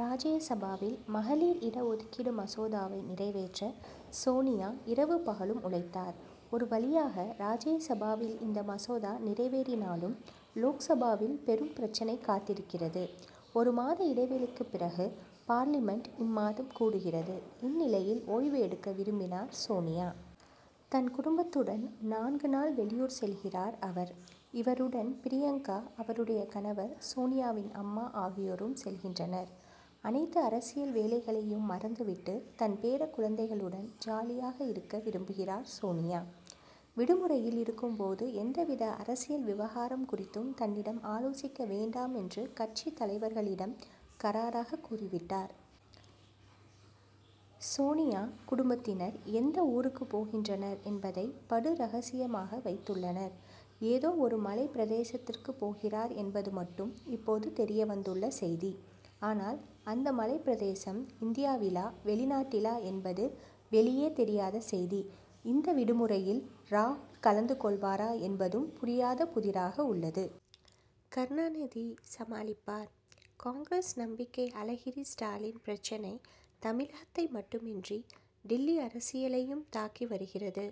ராஜ்ய சபாவில் மகளிர் இட ஒதுக்கீடு மசோதாவை நிறைவேற்ற சோனியா இரவு பகலும் உழைத்தார். ஒரு வழியாக ராஜ்யசபாவில் இந்த மசோதா நிறைவேறினாலும், லோக்சபாவில் பெரும் பிரச்னை காத்திருக்கிறது. ஒரு மாத இடைவெளிக்குப் பிறகு, பார்லிமென்ட் இம்மாதம் கூடுகிறது. இந்நிலையில், ஓய்வு எடுக்க விரும்பினார் சோனியா. தன் குடும்பத்துடன் நான்கு நாள் வெளியூர் செல்கிறார் அவர். இவருடன் பிரியங்கா, அவருடைய கணவர், சோனியாவின் அம்மா ஆகியோரும் செல்கின்றனர். அனைத்து அரசியல் வேலைகளையும் மறந்துவிட்டு தன் பேரக் குழந்தைகளுடன் ஜாலியாக இருக்க விரும்புகிறார் சோனியா. விடுமுறையில் இருக்கும் போது எந்தவித அரசியல் விவகாரம் குறித்தும் தன்னிடம் ஆலோசிக்க வேண்டாம் என்று கட்சித் தலைவர்களிடம் கறாராகக் கூறிவிட்டார். சோனியா குடும்பத்தினர் எந்த ஊருக்குப் போகின்றனர் என்பதை படு ரகசியமாக வைத்துள்ளனர். ஏதோ ஒரு மலைப் பிரதேசத்திற்குப் போகிறார் என்பது மட்டும் இப்போது தெரியவந்துள்ள செய்தி. ஆனால், அந்த மலைப் பிரதேசம் இந்தியாவிலா? வெளிநாட்டிலா என்பது வெளியே தெரியாத செய்தி. இந்த விடுமுறையில் ராகுல் கலந்து கொள்வாரா என்பதும் புரியாத புதிராக உள்ளது. கருணாநிதி சமாளிப்பார்; காங்கிரஸ் நம்பிக்கை அழகிரி ஸ்டாலின் பிரச்னை தமிழகத்தை மட்டுமின்றி டில்லி அரசியலையும் தாக்கி வருகிறது.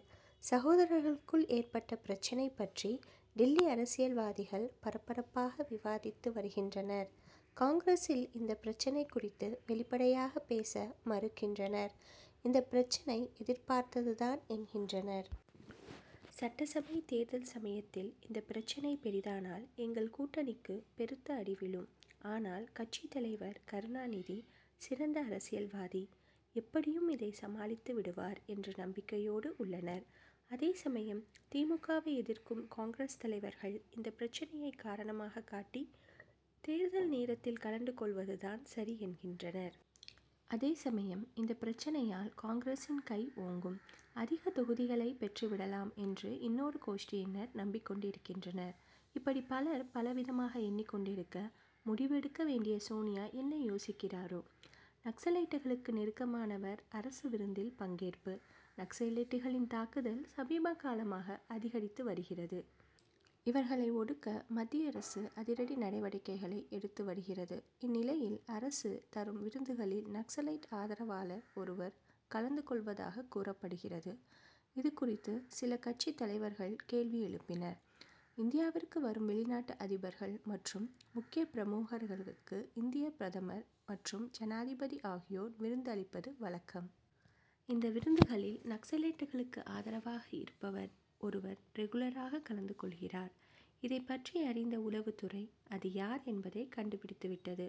சகோதரர்களுக்குள் ஏற்பட்ட பிரச்னை பற்றி டில்லி அரசியல்வாதிகள் பரபரப்பாக விவாதித்து வருகின்றனர். காங்கிரசில் இந்த பிரச்னை குறித்து வெளிப்படையாக பேச மறுக்கின்றனர். இந்த பிரச்னை எதிர்பார்த்ததுதான் என்கின்றனர். சட்டசபை தேர்தல் சமயத்தில், இந்த பிரச்னை பெரிதானால், எங்கள் கூட்டணிக்கு பெருத்த அடி விழும். ஆனால், கட்சித் தலைவர் கருணாநிதி சிறந்த அரசியல்வாதி, எப்படியும் இதை சமாளித்து விடுவார்' என்று நம்பிக்கையோடு உள்ளனர். அதே சமயம் தி. மு. க.,வை எதிர்க்கும் காங்கிரஸ் தலைவர்கள், இந்த பிரச்னையை காரணமாகக் காட்டி, தேர்தல் நேரத்தில் கழண்டு கொள்வதுதான் சரி என்கின்றனர். அதே சமயம் இந்த பிரச்னையால் காங்கிரசின் கை ஓங்கும், அதிக தொகுதிகளை பெற்றுவிடலாம் என்று இன்னொரு கோஷ்டியினர் நம்பிக்கொண்டிருக்கின்றனர். இப்படி பலர் பலவிதமாக எண்ணிக் கொண்டிருக்க, முடிவு எடுக்க வேண்டிய சோனியா என்ன யோசிக்கிறாரோ? நக்சலைட்களுக்கு நெருக்கமானவர் அரசு விருந்தில் பங்கேற்பு? நக்சலைட்களின் தாக்குதல் சமீபகாலமாக அதிகரித்து வருகிறது. இவர்களை ஒடுக்க, மத்திய அரசு அதிரடி நடவடிக்கைகளை எடுத்து வருகிறது. இந்நிலையில், அரசு தரும் விருந்துகளில் நக்சலைட் ஆதரவாளர் ஒருவர் கலந்து கொள்வதாகக் கூறப்படுகிறது. இது குறித்து, சில கட்சித் தலைவர்கள் கேள்வி எழுப்பினர். இந்தியாவிற்கு வரும் வெளிநாட்டு அதிபர்கள் மற்றும் முக்கிய பிரமுகர்களுக்கு இந்திய பிரதமர் மற்றும் ஜனாதிபதி ஆகியோர் விருந்து அளிப்பது வழக்கம். இந்த விருந்துகளில் நக்சலைட்களுக்கு ஆதரவாக இருப்பவர் ஒருவர் ரெகுலராகக் கலந்து கொள்கிறார். இதைப் பற்றி அறிந்த உளவுத்துறை அது யார் என்பதை கண்டுபிடித்துவிட்டது.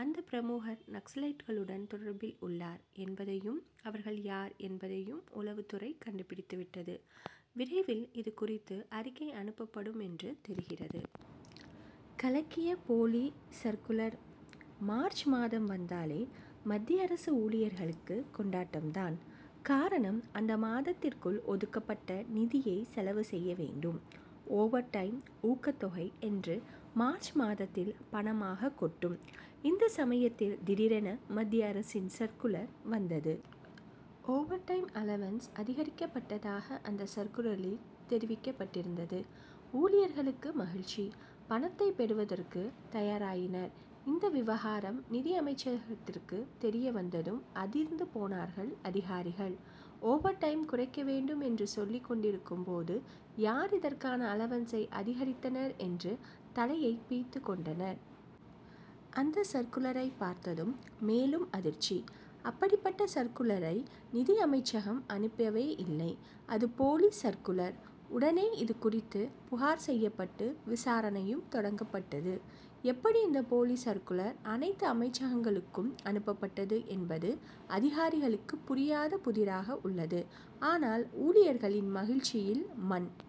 அந்த பிரமுகர், நக்சலைட்களுடன் தொடர்பில் உள்ளார் என்பதையும் அவர்கள் யார் என்பதையும் உளவுத்துறை கண்டுபிடித்துவிட்டது. விரைவில் இதுகுறித்து, அறிக்கை அனுப்பப்படும் என்று தெரிகிறது. கலக்கிய போலி சர்க்குலர் மார்ச் மாதம் வந்தாலே மத்திய அரசு ஊழியர்களுக்கு கொண்டாட்டம்தான். காரணம், அந்த மாதத்திற்குள் ஒதுக்கப்பட்ட நிதியை செலவு செய்ய வேண்டும். ஓவர் டைம், ஊக்கத் தொகை என்று மார்ச் மாதத்தில் பணமாகக் கொட்டும். இந்த சமயத்தில் திடீரென மத்திய அரசின் சர்க்குலர் வந்தது. ஓவர் டைம் அலவன்ஸ் அதிகரிக்கப்பட்டதாக அந்த சர்க்குலரில் தெரிவிக்கப்பட்டிருந்தது. ஊழியர்களுக்கு மகிழ்ச்சி. பணத்தை பெறுவதற்கு தயாராயினர். இந்த விவகாரம், நிதி அமைச்சகத்திற்கு தெரிய வந்ததும் அதிர்ந்து போனார்கள் அதிகாரிகள். ஓவர் டைமை குறைக்க வேண்டும் என்று சொல்லிக் கொண்டிருக்கும் போது யார் இதற்கான அலவன்சை அதிகரித்தனர் என்று தலையைப் பிய்த்துக் கொண்டனர். அந்த சர்க்குலரைப் பார்த்ததும் மேலும் அதிர்ச்சி. அப்படிப்பட்ட சர்க்குலரை நிதி அமைச்சகம் அனுப்பவேயில்லை! அது போலி சர்க்குலர். உடனே, இது குறித்து புகார் செய்யப்பட்டு விசாரணையும் தொடங்கப்பட்டது. எப்படி இந்த போலி சர்க்குலர் அனைத்து அமைச்சகங்களுக்கும் அனுப்பப்பட்டது என்பது அதிகாரிகளுக்குப் புரியாத புதிராக உள்ளது. ஆனால், ஊழியர்களின் மகிழ்ச்சியில் மண்.